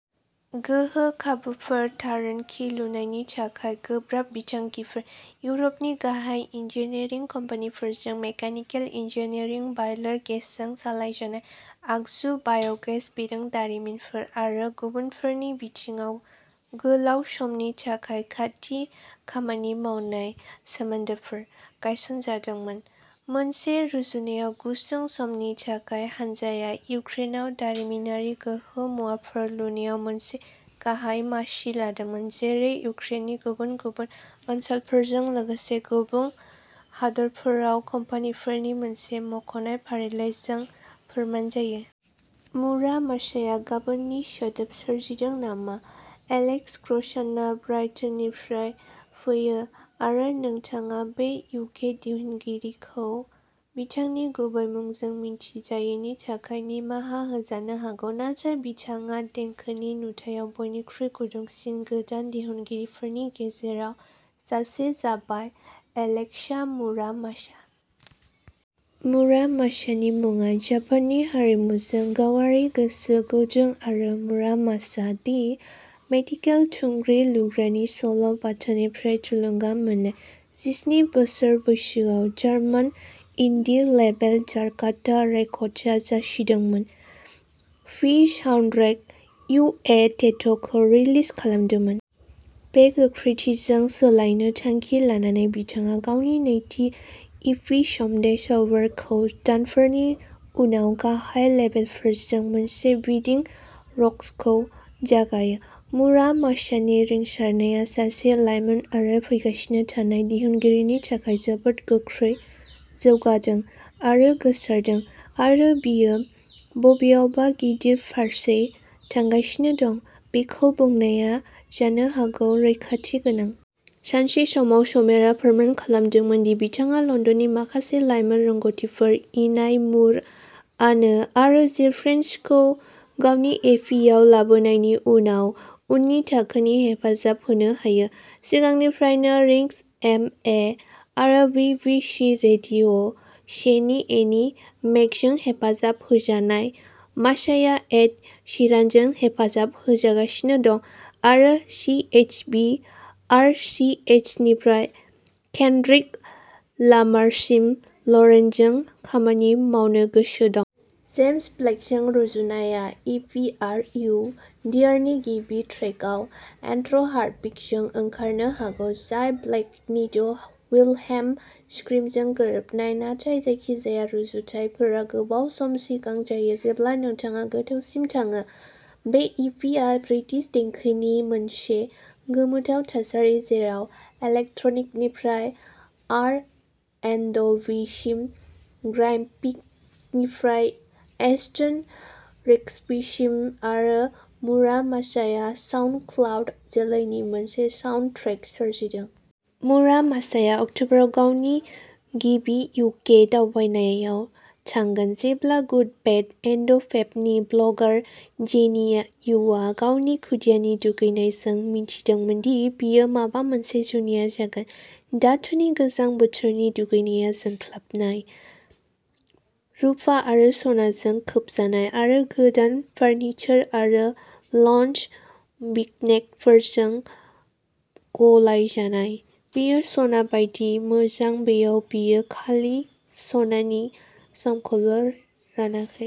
गोहो खाबुफोर टार्नकी लुनायनि थाखाय गोब्राब बिथांखिफोर। इउरपनि गाहाय इन्जिनियारिं कम्पानिफोरजों मेकानिकेल इन्जिनियारिं बायलार गेसजों सालायजानाय आगजु बाय'गेस बिरोंदामिनफोर आरो गुबुनफोरनि बिथिङाव गोलाव समनि थाखाय खाथि खामानि मावनाय सोमोन्दोफोर गायसनजादोंमोन। मोनसे रुजुनायाव गुसुं समनि थाखाय हानजाया इउक्रेनाव दारिमिनारि गोहो मुवाफोर लुनायाव मोनसे गाहाय मासि लादोंमोन जेरै इउक्रेननि गुबुन गुबुन ओनसोलफोरजों लोगोसे गुबुन हादोरफोराव कम्पानिफोरनि मोनसे मुंख'नाय फारिलाइजों फोरमान जायो। मुरा मासाया गाबोननि सोदोब सोरजिदों नामा एलेक्स क्र'सानआ ब्राइटननिफ्राय फैयो आरो नोंथाङा बे इउके दिहुनगिरिखौ बिथांनि गुबै मुंजों मिन्थिजायैनि थाखाय निमाहा होजानो हागौ नाथाय बिथाङा देंखोनि नुथायाव बयनिख्रुइ गुदुंसिन गोदान दिहुनगिरिफोरनि गेजेराव सासे जाबाय एलेक्सआ मुरा मासा। मुरा मासानि मुङा जापाननि हारिमुजों गावारि गोसो गुदुं आरो मुरामासा दि मिथिकेल थुंग्रि लुग्रानि सल' बाथानिफ्राय थुलुंगा मोननाय। जिस्नि बोसोर बैसोआव जार्मान इन्डी लेबेल जाकार्ता रेकर्डसआ जासिदोंमोन। पि साउन्डट्रेक टू ए डेथ'खौ रिलिज खालामदोंमोन। बे गोख्रैथिजों सालायनो थांखि लानानै बिथाङा गावनि नैथि इ पि समडे समवेयर'खौ दानफोरनि उनाव गाहाय लेबेलफोरजों मोनसे बिदिं रशखौ जागायो। मुरा मासानि रिंसारनाया सासे लाइमोन आरो फैगासिनो थानाय दिहुनगिरिनि थाखाय जोबोद गोख्रै जौगादों आरो गोसारदों आरो बियो बबेयावबा गिदिर फारसे थांगासिनो दं बेखौ बुंनाया जानो हागौ रैखाथि गोनां। सानसे समाव समवेयरआ फोरमान खालामदोंमोन दि बिथाङा लन्दननि माखासे लाइमोन रोंग'थिफोर डेनाई मुर नाओ आरो जे प्रिन्सखौ गावनि इ पि आव लाबोनायनि उनाव उननि थाखोनि हेफाजाब होनो हायो। सिगांनिफ्रायनो रिंस एफ एम आरो बि बि सि रेडिअ' से नि एनी मेकजों हेफाजाब होजानाय मासाया एड शीरानजों हेफाजाब होजागासिनो दं आरो C H V R C S निफ्राय केन्ड्रिक लामारसिम लरेनजों खामानि मावनो गोसो दं। जेम्स ब्लेकजों रुजुनाया इ पिआर इउ देयार'नि गिबि ट्रेकआव इन्ट्र'हार्टबिटजों ओंखारनो हागौ जाय ब्लेकनि'द विल्हेल्म स्क्रिम'जों गोरोबनाय नाथाय जायखिजाया रुजुथायफोरा गोबाव सम सिगां जायो जेब्ला नोंथाङा गोथौसिम थाङो। बे इ पि आ ब्रिटिश देंखोनि मोनसे गोमोथाव थासारि जेराव इलेक्ट्रनिकनिफ्राय आर एन्ड बि सिम ग्राइमनिफ्राय इस्टार्न रिफ्ससिम आरो मुरा मासाया साउन्डक्लाउड जोलैनि मोनसे साउन्डट्रेक सोरजिदों। मुरा मासाया अक्टबराव गावनि गिबि इउ के दावबायनायाव थांगोन। जेब्ला गुड बेड एन्ड फेबनि ब्लगार जेनी उआ गावनि खुदियानि दुगैनाय जों मिथिदोंमोन दि बेयो माबा मोनसे जुनिया जागोन! धातुनि गोजां बोथोरनि दुगैनाया जोंख्लाबनाय रुफा आरो सनाजों खोबजानाय आरो गोदान फार्निचार आरो लाउन्ज भिग्नेटफोरजों गलायजानाय। बेयो सना बायदि मोजां बेयाव बियो खालि साननि-समखौल'रानाखै।